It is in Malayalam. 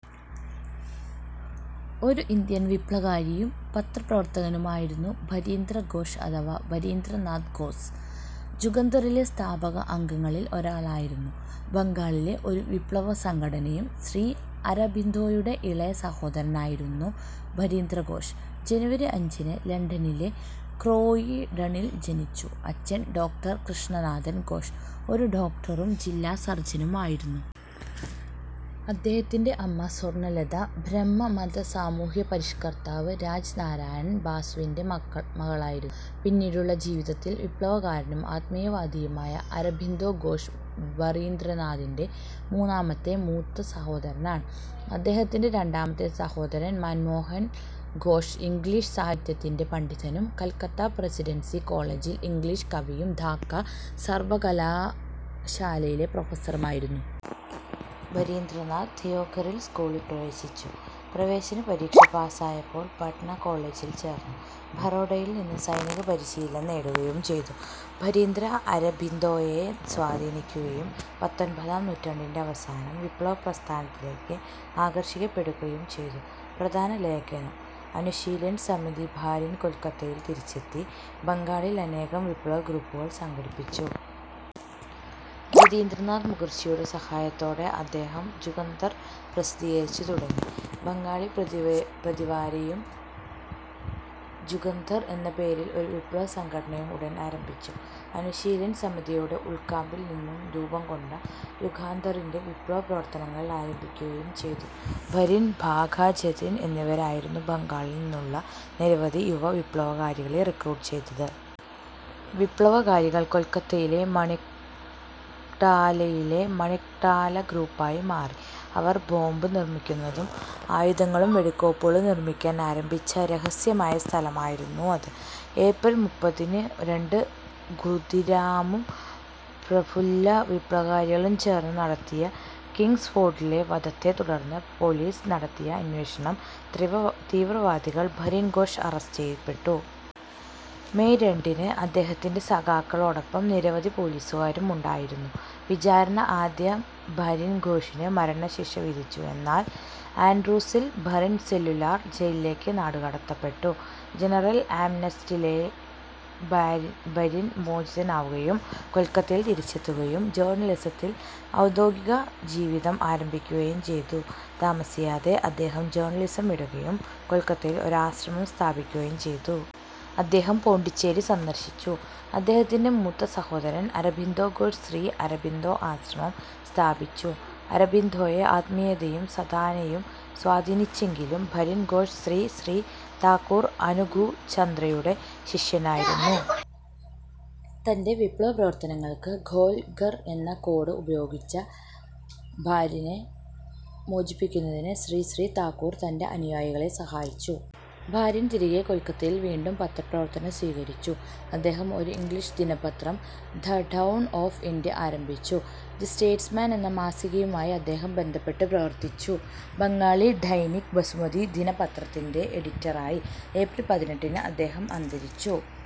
ഒരു ഇന്ത്യൻ വിപ്ലവകാരിയും പത്രപ്രവർത്തകനുമായിരുന്നു ബരീന്ദ്ര ഘോഷ് അഥവാ ബരീന്ദ്ര നാഥ് ഘോസ്. ജുഗന്തറിലെ സ്ഥാപക അംഗങ്ങളിൽ ഒരാളായിരുന്നു. ബംഗാളിലെ ഒരു വിപ്ലവ സംഘടനയും. ശ്രീ അരബിന്ദോയുടെ ഇളയ സഹോദരനായിരുന്നു ബരീന്ദ്ര ഘോഷ്. ജനുവരി അഞ്ചിന് ലണ്ടനിലെ ക്രോയിഡണിൽ ജനിച്ചു. അച്ഛൻ ഡോക്ടർ കൃഷ്ണനാഥൻ ഘോഷ്, ഒരു ഡോക്ടറും ജില്ലാ സർജനും ആയിരുന്നു. അദ്ദേഹത്തിൻ്റെ അമ്മ സ്വർണ്ണലത ബ്രഹ്മ മത സാമൂഹ്യ പരിഷ്ക്കർത്താവ് രാജ് നാരായണൻ ബാസുവിൻ്റെ മകളായിരുന്നു. പിന്നീടുള്ള ജീവിതത്തിൽ വിപ്ലവകാരനും ആത്മീയവാദിയുമായ അരബിന്ദോ ഘോഷ് ബറീന്ദ്രനാഥിൻ്റെ മൂന്നാമത്തെ മൂത്ത സഹോദരനാണ്. അദ്ദേഹത്തിൻ്റെ രണ്ടാമത്തെ സഹോദരൻ മൻമോഹൻ ഘോഷ് ഇംഗ്ലീഷ് സാഹിത്യത്തിൻ്റെ പണ്ഡിതനും, കൽക്കത്ത പ്രസിഡൻസി കോളേജിൽ ഇംഗ്ലീഷ് കവിയും ധാക്ക സർവ്വകലാശാലയിലെ പ്രൊഫസ്സറുമായിരുന്നു. ബരിന്ദ്രനാഥ് ദിയോഘറിൽ സ്കൂളിൽ പ്രവേശിച്ചു. പ്രവേശന പരീക്ഷ പാസായപ്പോൾ പട്ന കോളേജിൽ ചേർന്നു. ബറോഡയിൽ നിന്ന് സൈനിക പരിശീലനം നേടുകയും ചെയ്തു. ബരീന്ദ്ര അരബിന്ദോയെ സ്വാധീനിക്കുകയും പത്തൊൻപതാം നൂറ്റാണ്ടിൻ്റെ അവസാനം വിപ്ലവ പ്രസ്ഥാനത്തിലേക്ക് ആകർഷിക്കപ്പെടുകയും ചെയ്തു. പ്രധാന ലേഖനം: അനുശീലൻ സമിതി ബാരിൻ കൊൽക്കത്തയിൽ തിരിച്ചെത്തി, ബംഗാളിൽ അനേകം വിപ്ലവ ഗ്രൂപ്പുകൾ സംഘടിപ്പിച്ചു. ജതീന്ദ്രനാഥ് മുഖർജിയുടെ സഹായത്തോടെ. അദ്ദേഹം ജുഗന്തർ പ്രസിദ്ധീകരിച്ചു തുടങ്ങി, ബംഗാളി പ്രതിവാരയും, ജുഗന്തർ എന്ന പേരിൽ ഒരു വിപ്ലവ സംഘടനയും ഉടൻ ആരംഭിച്ചു. അനുശീലൻ സമിതിയുടെ ഉൾക്കാമ്പിൽ നിന്നും രൂപം കൊണ്ട യുഗാന്തറിൻ്റെ വിപ്ലവ പ്രവർത്തനങ്ങൾ ആരംഭിക്കുകയും ചെയ്തു. ബരിൻ, ബാഘ ജതിൻ എന്നിവരായിരുന്നു ബംഗാളിൽ നിന്നുള്ള നിരവധി യുവ വിപ്ലവകാരികളെ റിക്രൂട്ട് ചെയ്തത്. വിപ്ലവകാരികൾ കൊൽക്കത്തയിലെ മണിക്ടാലയിലെ മണിക്ടാലഗ്രൂപ്പായി മാറി. അവർ ബോംബ് നിർമ്മിക്കുന്നതും ആയുധങ്ങളും വെടിക്കോപ്പുകളും നിർമ്മിക്കാൻ ആരംഭിച്ച രഹസ്യമായ സ്ഥലമായിരുന്നു അത്. ഏപ്രിൽ മുപ്പതിന് രണ്ട് ഖൂദിരാമും പ്രഫുല്ല വിപ്ലവകാരികളും ചേർന്ന് നടത്തിയ കിംഗ്സ്ഫോർഡിലെ വധത്തെ തുടർന്ന് പോലീസ് നടത്തിയ അന്വേഷണം തീവ്രവാദികൾ ബരിൻ ഘോഷ് അറസ്റ്റ് ചെയ്യപ്പെട്ടു. മെയ് രണ്ടിന് അദ്ദേഹത്തിൻ്റെ സഖാക്കളോടൊപ്പം നിരവധി പോലീസുകാരും ഉണ്ടായിരുന്നു. വിചാരണ ആദ്യം ബാരിൻ ഘോഷിന് മരണശിക്ഷ വിധിച്ചു. എന്നാൽ ആൻഡ്രൂസിൽ ബറിൻ സെല്ലുലാർ ജയിലിലേക്ക് നാടുകടത്തപ്പെട്ടു. ജനറൽ ആംനസ്റ്റിയിൽ ബരിൻ മോചിതനാവുകയും കൊൽക്കത്തയിൽ തിരിച്ചെത്തുകയും ജേർണലിസത്തിൽ ഔദ്യോഗിക ജീവിതം ആരംഭിക്കുകയും ചെയ്തു. താമസിയാതെ അദ്ദേഹം ജേണലിസം വിടുകയും കൊൽക്കത്തയിൽ ഒരു ആശ്രമം സ്ഥാപിക്കുകയും ചെയ്തു. അദ്ദേഹം പോണ്ടിച്ചേരി സന്ദർശിച്ചു. അദ്ദേഹത്തിൻ്റെ മൂത്ത സഹോദരൻ അരബിന്ദോ ഘോഷ് ശ്രീ അരബിന്ദോ ആശ്രമം സ്ഥാപിച്ചു. അരബിന്ദോയെ ആത്മീയതയും സദാനയും സ്വാധീനിച്ചെങ്കിലും ബരിൻ ഘോഷ് ശ്രീ ശ്രീ താക്കൂർ അനുഖുചന്ദ്രയുടെ ശിഷ്യനായിരുന്നു. തൻ്റെ വിപ്ലവ പ്രവർത്തനങ്ങൾക്ക് 'ഗോൽഘർ' എന്ന കോഡ് ഉപയോഗിച്ച ബാരിനെ മോചിപ്പിക്കുന്നതിന് ശ്രീ ശ്രീ താക്കൂർ തൻ്റെ അനുയായികളെ സഹായിച്ചു. ബാരിൻ തിരികെ കൊൽക്കത്തയിൽ വീണ്ടും പത്രപ്രവർത്തനം സ്വീകരിച്ചു. അദ്ദേഹം ഒരു ഇംഗ്ലീഷ് ദിനപത്രം ദ ഡൗൺ ഓഫ് ഇൻഡ്യ ആരംഭിച്ചു. ദി സ്റ്റേറ്റ്സ്മാൻ എന്ന മാസികയുമായി അദ്ദേഹം ബന്ധപ്പെട്ടു പ്രവർത്തിച്ചു. ബംഗാളി ഡൈനിക് ബസുമതി ദിന പത്രത്തിൻ്റെ എഡിറ്ററായി. ഏപ്രിൽ പതിനെട്ടിന് അദ്ദേഹം അന്തരിച്ചു.